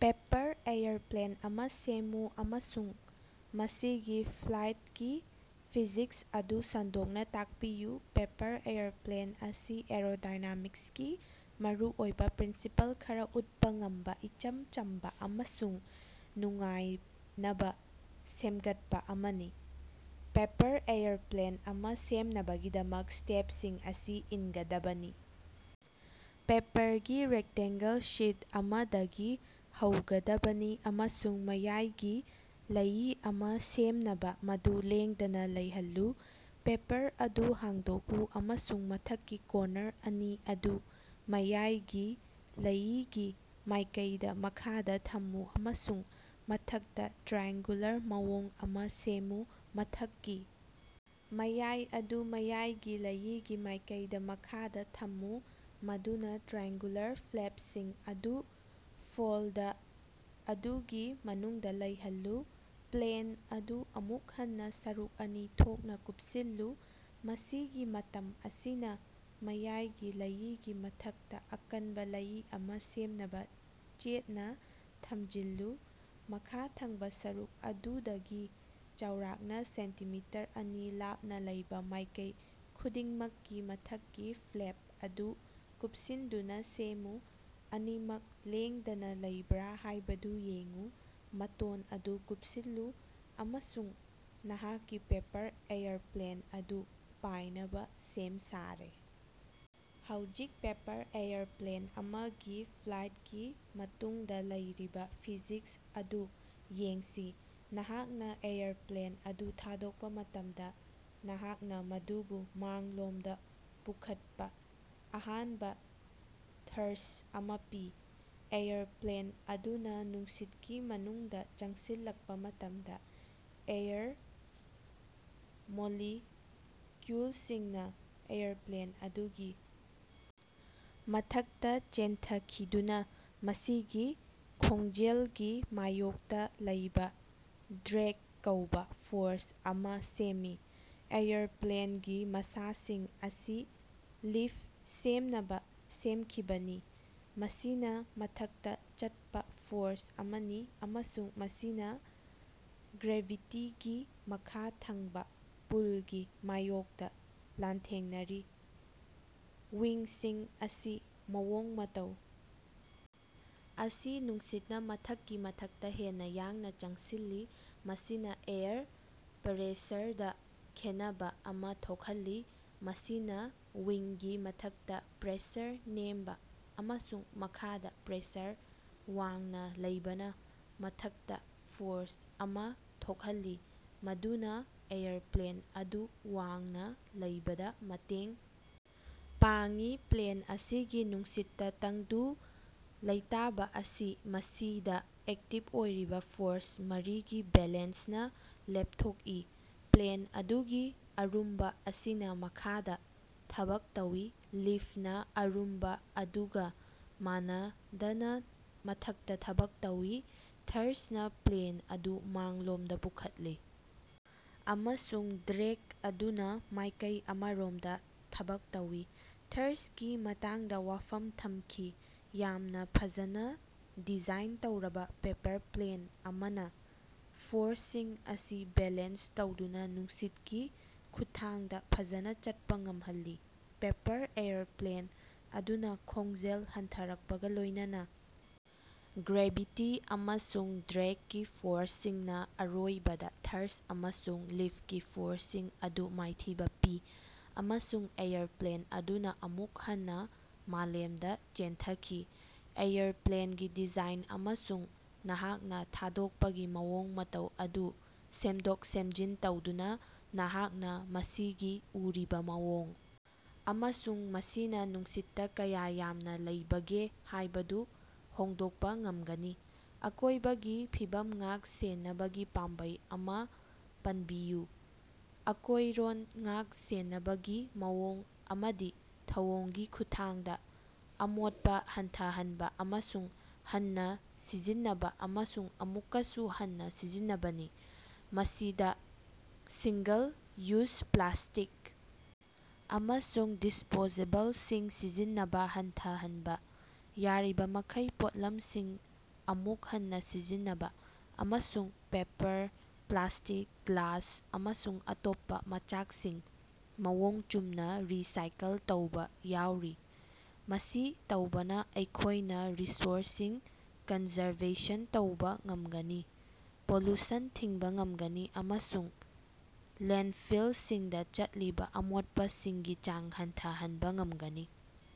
Paper aeroplane ꯑꯃ ꯁꯦꯝꯃꯨ ꯑꯃꯁꯨꯡ ꯃꯁꯤꯒꯤ ꯐ꯭ꯂꯥꯏꯠꯀꯤ ꯐꯤꯖꯤꯛꯁ ꯑꯗꯨ ꯁꯟꯗꯣꯛꯅ ꯇꯥꯛꯄꯤꯌꯨ꯫ ꯄꯦꯄꯔ ꯑꯦꯌꯔꯄ꯭ꯂꯦꯟ ꯑꯁꯤ ꯑꯦꯔꯣꯗꯥꯏꯅꯥꯃꯤꯛꯁꯀꯤ ꯃꯔꯨꯑꯣꯏꯕ ꯄ꯭ꯔꯤꯟꯁꯤꯄꯜ ꯈꯔ ꯎꯠꯄ ꯉꯝꯕ ꯏꯆꯝ ꯆꯝꯕ ꯑꯃꯁꯨꯡ ꯅꯨꯡꯉꯥꯏꯅꯕ ꯁꯦꯝꯒꯠꯄ ꯑꯃꯅꯤ꯫ ꯄꯦꯄꯔ ꯑꯦꯌꯔꯄ꯭ꯂꯦꯟ ꯑꯃ ꯁꯦꯝꯅꯕꯒꯤꯗꯃꯛ, ꯁ꯭ꯇꯦꯞꯁꯤꯡ ꯑꯁꯤ ꯏꯟꯒꯗꯕꯅꯤ: ꯄꯦꯄꯔꯒꯤ ꯔꯦꯛꯇꯦꯡꯒꯜ ꯁꯤꯠ ꯑꯃꯗꯒꯤ ꯍꯧꯒꯗꯕꯅꯤ ꯑꯃꯁꯨꯡ ꯃꯌꯥꯏꯒꯤ ꯂꯩꯏ ꯑꯃ ꯁꯦꯝꯅꯕ ꯃꯗꯨ ꯂꯦꯡꯗꯅ ꯂꯩꯍꯜꯂꯨ꯫ ꯄꯦꯄꯔ ꯑꯗꯨ ꯍꯥꯡꯗꯣꯛꯎ ꯑꯃꯁꯨꯡ ꯃꯊꯛꯀꯤ ꯀꫭꯟꯅꯔ ꯑꯅꯤ ꯑꯗꯨ ꯃꯌꯥꯏꯒꯤ ꯂꯩꯏꯒꯤ ꯃꯥꯏꯀꯩꯗ ꯃꯈꯥꯗ ꯊꯝꯃꯨ ꯑꯃꯁꯨꯡ ꯃꯊꯛꯇ ꯇ꯭ꯔꯥꯑꯦꯡꯒꯨꯂꯔ ꯃꯑꯣꯡ ꯑꯃ ꯁꯦꯝꯃꯨ꯫ ꯃꯊꯛꯀꯤ ꯃꯌꯥꯏ ꯑꯗꯨ ꯃꯌꯥꯏꯒꯤ ꯂꯩꯏꯒꯤ ꯃꯥꯏꯀꯩꯗ ꯃꯈꯥꯗ ꯊꯝꯃꯨ ꯃꯗꯨꯅ ꯇ꯭ꯔꯥꯑꯦꯡꯒꯨꯂꯔ ꯐ꯭ꯂꯦꯞꯁꯤꯡ ꯑꯗꯨ ꯐꯣꯜꯗ ꯑꯗꯨꯒꯤ ꯃꯅꯨꯡꯗ ꯂꯩꯍꯜꯂꯨ꯫ ꯄ꯭ꯂꯦꯟ ꯑꯗꯨ ꯑꯃꯨꯛ ꯍꯟꯅ ꯁꯔꯨꯛ ꯑꯅꯤ ꯊꯣꯛꯅ ꯀꯨꯞꯁꯤꯜꯂꯨ, ꯃꯁꯤꯒꯤ ꯃꯇꯝ ꯑꯁꯤꯅ ꯃꯌꯥꯏꯒꯤ ꯂꯩꯏꯒꯤ ꯃꯊꯛꯇ, ꯑꯀꯟꯕ ꯂꯩꯏ ꯑꯃ ꯁꯦꯝꯅꯕ ꯆꯦꯠꯅ ꯊꯝꯖꯤꯜꯂꯨ꯫ ꯃꯈꯥ ꯊꯪꯕ ꯁꯔꯨꯛ ꯑꯗꯨꯗꯒꯤ ꯆꯥꯎꯔꯥꯛꯅ ꯁꯦꯟꯇꯤꯃꯤꯇꯔ ꯑꯅꯤ ꯂꯥꯞꯅ ꯂꯩꯕ ꯃꯥꯏꯀꯩ ꯈꯨꯗꯤꯡꯃꯛꯀꯤ ꯃꯊꯛꯀꯤ ꯐ꯭ꯂꯦꯞ ꯑꯗꯨ ꯀꯨꯞꯁꯤꯟꯗꯨꯅ ꯁꯦꯝꯃꯨ, ꯑꯅꯤꯃꯛ ꯂꯦꯡꯗꯅ ꯂꯩꯕ꯭ꯔꯥ ꯍꯥꯏꯕꯗꯨ ꯌꯦꯡꯎ꯫ ꯃꯇꫭꯟ ꯑꯗꯨ ꯀꯨꯞꯁꯤꯜꯂꯨ ꯑꯃꯁꯨꯡ ꯅꯍꯥꯛꯀꯤ ꯄꯦꯄꯔ ꯑꯦꯌꯔꯄ꯭ꯂꯦꯟ ꯑꯗꯨ ꯄꯥꯏꯅꯕ ꯁꯦꯝ ꯁꯥꯔꯦ! ꯍꯧꯖꯤꯛ, ꯄꯦꯄꯔ ꯑꯦꯌꯔꯄ꯭ꯂꯦꯟ ꯑꯃꯒꯤ ꯐ꯭ꯂꯥꯏꯠꯀꯤ ꯃꯇꯨꯡꯗ ꯂꯩꯔꯤꯕ ꯐꯤꯖꯤꯛꯁ ꯑꯗꯨ ꯌꯦꯡꯁꯤ꯫ ꯅꯍꯥꯛꯅ ꯑꯦꯌꯔꯄ꯭ꯂꯦꯟ ꯑꯗꯨ ꯊꯥꯗꯣꯛꯄ ꯃꯇꯝꯗ, ꯅꯍꯥꯛꯅ ꯃꯗꯨꯕꯨ ꯃꯥꯡꯂꯣꯝꯗ ꯄꯨꯈꯠꯄ ꯑꯍꯥꯟꯕ ꯊ꯭ꯔꯁ ꯑꯃ ꯄꯤ꯫ ꯑꯦꯌꯔꯄ꯭ꯂꯦꯟ ꯑꯗꯨꯅ ꯅꯨꯡꯁꯤꯠꯀꯤ ꯃꯅꯨꯡꯗ ꯆꯪꯁꯤꯜꯂꯛꯄ ꯃꯇꯝꯗ, ꯑꯦꯌꯔ ꯃꯣꯂꯤꯀ꯭ꯌꯨꯜꯁꯤꯡꯅ ꯑꯦꯌꯔꯄ꯭ꯂꯦꯟ ꯑꯗꯨꯒꯤ ꯃꯊꯛꯇ ꯆꯦꯟꯊꯈꯤꯗꯨꯅ ꯃꯁꯤꯒꯤ ꯈꯣꯡꯖꯦꯜꯒꯤ ꯃꯥꯌꯣꯛꯇꯥ ꯂꯩꯕꯥ ꯗ꯭ꯔꯦꯒ ꯀꯧꯕ ꯐꯣꯔꯁ ꯑꯃ ꯁꯦꯝꯃꯤ꯫ ꯑꯦꯌꯔꯄ꯭ꯂꯦꯟꯒꯤ ꯃꯁꯥꯁꯤꯡ ꯑꯁꯤ ꯂꯤꯐ ꯁꯦꯝꯅꯕ ꯁꯦꯝꯈꯤꯕꯅꯤ, ꯃꯁꯤꯅ ꯃꯊꯛꯇ ꯆꯠꯄ ꯐꯣꯔꯁ ꯑꯃꯅꯤ ꯑꯃꯁꯨꯡ ꯃꯁꯤꯅ ꯒ꯭ꯔꯦꯚꯤꯇꯤꯒꯤ ꯃꯈꯥ ꯊꯪꯕ ꯄꯨꯜꯒꯤ ꯃꯥꯌꯣꯛꯇ ꯂꯥꯟꯊꯦꯡꯅꯔꯤ꯫ ꯋꯤꯡꯁꯤꯡ ꯑꯁꯤ ꯃꯑꯣꯡ-ꯃꯇꯧ ꯑꯁꯤ ꯅꯨꯡꯁꯤꯠꯅ ꯃꯊꯛꯀꯤ ꯃꯊꯛꯇ ꯍꯦꯟꯅ ꯌꯥꯡꯅ ꯆꯪꯁꯤꯜꯂꯤ꯫ ꯃꯁꯤꯅ ꯑꯦꯌꯔ ꯞꯔꯦꯁꯔꯗ ꯈꯦꯠꯅꯕ ꯑꯃꯥ ꯊꯣꯛꯍꯜꯂꯤ, ꯃꯁꯤꯅ ꯋꯤꯡꯒꯤ ꯃꯊꯛꯇꯥ ꯄ꯭ꯔꯦꯁꯔ ꯅꯦꯝꯕ ꯑꯃꯁꯨꯡ ꯃꯈꯥꯗꯥ ꯄ꯭ꯔꯦꯁꯔ ꯋꯥꯡꯅ ꯂꯩꯕꯅ ꯃꯊꯛꯇ ꯐꯣꯔꯁ ꯑꯃ ꯊꯣꯛꯍꯜꯂꯤ ꯃꯗꯨꯅ ꯑꯦꯌꯔꯄ꯭ꯂꯦꯟ ꯑꯗꯨ ꯋꯥꯡꯅ ꯂꯩꯕꯗ ꯃꯇꯦꯡ ꯄꯥꯡꯏ꯫ ꯄ꯭ꯂꯦꯟ ꯑꯁꯤꯒꯤ ꯅꯨꯡꯁꯤꯠꯇ ꯇꯪꯗꯨ ꯂꯩꯇꯥꯕ ꯑꯁꯤ ꯃꯁꯤꯗ ꯑꯦꯛꯇꯤꯕ ꯑꯣꯏꯔꯤꯕ ꯐꯣꯔꯁ ꯃꯔꯤꯒꯤ ꯕꯦꯂꯦꯟꯁꯅ ꯂꯦꯞꯊꯣꯛꯏ ꫰꫰ꯄ꯭ꯂꯦꯟ ꯑꯗꯨꯒꯤ ꯑꯔꯨꯝꯕ ꯑꯁꯤꯅ ꯃꯈꯥꯗ ꯊꯕꯛ ꯇꯧꯏ, ꯂꯤꯐꯅ ꯑꯔꯨꯝꯕ ꯑꯗꯨꯒ ꯃꯥꯟꯅꯗꯅ ꯃꯊꯛꯇ ꯊꯕꯛ ꯇꯧꯏ, ꯊ꯭ꯔꯁꯅ ꯄ꯭ꯂꯦꯟ ꯑꯗꯨ ꯃꯥꯡꯂꯣꯝꯗ ꯄꯨꯈꯠꯂꯤ, ꯑꯃꯁꯨꯡ ꯗ꯭ꯔꯦꯒ ꯑꯗꯨꯅ ꯃꯥꯏꯀꯩ ꯑꯃꯔꯣꯝꯗ ꯊꯕꯛ ꯇꯧꯏ꯫ ꯊ꯭ꯔꯁꯀꯤ ꯃꯇꯥꯡꯗ ꯋꯥꯐꯝ ꯊꯝꯈꯤ꯫ ꯌꯥꯝꯅ ꯐꯖꯅ ꯗꯤꯖꯥꯏꯟ ꯇꯧꯔꯕ ꯄꯦꯄꯔ ꯄ꯭ꯂꯦꯟ ꯑꯃꯅ ꯐꯣꯔꯁꯁꯤꯡ ꯑꯁꯤ ꯕꯦꯂꯦꯟꯁ ꯇꯧꯗꯨꯅ ꯅꯨꯡꯁꯤꯠꯀꯤ ꯈꯨꯠꯊꯥꯡꯗ ꯐꯖꯅ ꯆꯠꯄ ꯉꯝꯍꯜꯂꯤ꯫ ꯄꯦꯄꯔ ꯑꯦꯌꯔꯄ꯭ꯂꯦꯟ ꯑꯗꯨꯅ ꯈꯣꯡꯖꯦꯜ ꯍꯟꯊꯔꯛꯄꯒ ꯂꯣꯏꯅꯅ, ꯒ꯭ꯔꯦꯚꯤꯇꯤ ꯑꯃꯁꯨꯡ ꯗ꯭ꯔꯦꯒꯀꯤ ꯐꯣꯔꯁꯁꯤꯡꯅ ꯑꯔꯣꯏꯕꯗ ꯊ꯭ꯔꯁ ꯑꯃꯁꯨꯡ ꯂꯤꯐꯀꯤ ꯐꯣꯔꯁꯁꯤꯡ ꯑꯗꯨ ꯃꯥꯏꯊꯤꯕ ꯄꯤ, ꯑꯃꯁꯨꯡ ꯑꯦꯌꯔꯄ꯭ꯂꯦꯟ ꯑꯗꯨꯅ ꯑꯃꯨꯛ ꯍꯟꯅ ꯃꯥꯂꯦꯝꯗ ꯆꯦꯟꯊꯈꯤ꯫ ꯑꯦꯌꯔꯄ꯭ꯂꯦꯟꯒꯤ ꯗꯤꯖꯥꯏꯟ ꯑꯃꯁꯨꯡ ꯅꯍꯥꯛꯅ ꯊꯥꯗꯣꯛꯄꯒꯤ ꯃꯑꯣꯡ ꯃꯇꯧ ꯑꯗꯨ ꯁꯦꯝꯗꯣꯛ-ꯁꯦꯝꯖꯤꯟ ꯇꯧꯗꯨꯅ, ꯅꯍꯥꯛꯅ ꯃꯁꯤꯒꯤ ꯎꯔꯤꯕ ꯃꯑꯣꯡ ꯑꯃꯁꯨꯡ ꯃꯁꯤꯅ ꯅꯨꯡꯁꯤꯠꯇ ꯀꯌꯥ ꯌꯥꯝꯅ ꯂꯩꯕꯒꯦ ꯍꯥꯏꯕꯗꯨ ꯍꯣꯡꯗꯣꯛꯄ ꯉꯝꯒꯅꯤ꯫ ꯑꯀꯣꯏꯕꯒꯤ ꯐꯤꯕꯝ ꯉꯥꯛ-ꯁꯦꯟꯅꯕꯒꯤ ꯄꯥꯝꯕꯩ ꯑꯃ ꯄꯟꯕꯤꯌꯨ꯫ ꯑꯀꯣꯏꯔꯣꯟ ꯉꯥꯛ-ꯁꯦꯟꯅꯕꯒꯤ ꯃꯑꯣꯡ ꯑꯃꯗꯤ ꯊꯧꯑꯣꯡꯒꯤ ꯈꯨꯠꯊꯥꯡꯗ ꯑꯃꯣꯠꯄ ꯍꯟꯊꯍꯟꯕ, ꯑꯃꯨꯛ ꯍꯟꯅ ꯁꯤꯖꯤꯟꯅꯕ ꯑꯃꯁꯨꯡ ꯑꯃꯨꯛꯀꯁꯨ ꯍꯟꯅ ꯁꯤꯖꯤꯟꯅꯕꯅꯤ꯫ ꯃꯁꯤꯗ ꯁꯤꯡꯒꯜ-ꯌꯨꯖ ꯄ꯭ꯂꯥꯁꯇꯤꯛ ꯑꯃꯁꯨꯡ ꯗꯤꯁꯄꯣꯖꯦꯕꯜꯁꯤꯡ ꯁꯤꯖꯤꯟꯅꯕ ꯍꯟꯊꯍꯟꯕ, ꯌꯥꯔꯤꯕꯃꯈꯩ ꯄꯣꯠꯂꯝꯁꯤꯡ ꯑꯃꯨꯛ ꯍꯟꯅ ꯁꯤꯖꯤꯟꯅꯕ, ꯑꯃꯁꯨꯡ ꯄꯦꯄꯔ, ꯄ꯭ꯂꯥꯁꯇꯤꯛ, ꯒ꯭ꯂꯥꯁ ꯑꯃꯁꯨꯡ ꯑꯇꯣꯞꯄ ꯃꯆꯥꯛꯁꯤꯡ ꯃꯑꯣꯡ ꯆꯨꯝꯅ ꯔꯤꯁꯥꯏꯀꯜ ꯇꯧꯕ ꯌꯥꯎꯔꯤ꯫ ꯃꯁꯤ ꯇꯧꯕꯅ ꯑꯩꯈꯣꯏꯅ ꯔꯤꯁꯣꯔꯁꯁꯤꯡ ꯀꯟꯖꯔꯕꯦꯁꯟ ꯇꯧꯕ ꯉꯝꯒꯅꯤ, ꯄꯣꯂꯨꯁꯟ ꯊꯤꯡꯕ ꯉꯝꯒꯅꯤ ꯑꯃꯁꯨꯡ ꯂꯦꯟꯐꯤꯜꯁꯤꯡꯗ ꯆꯠꯂꯤꯕ ꯑꯃꯣꯠꯄꯁꯤꯡꯒꯤ ꯆꯥꯡ ꯍꯟꯊꯍꯟꯕ ꯉꯝꯒꯅꯤ꯫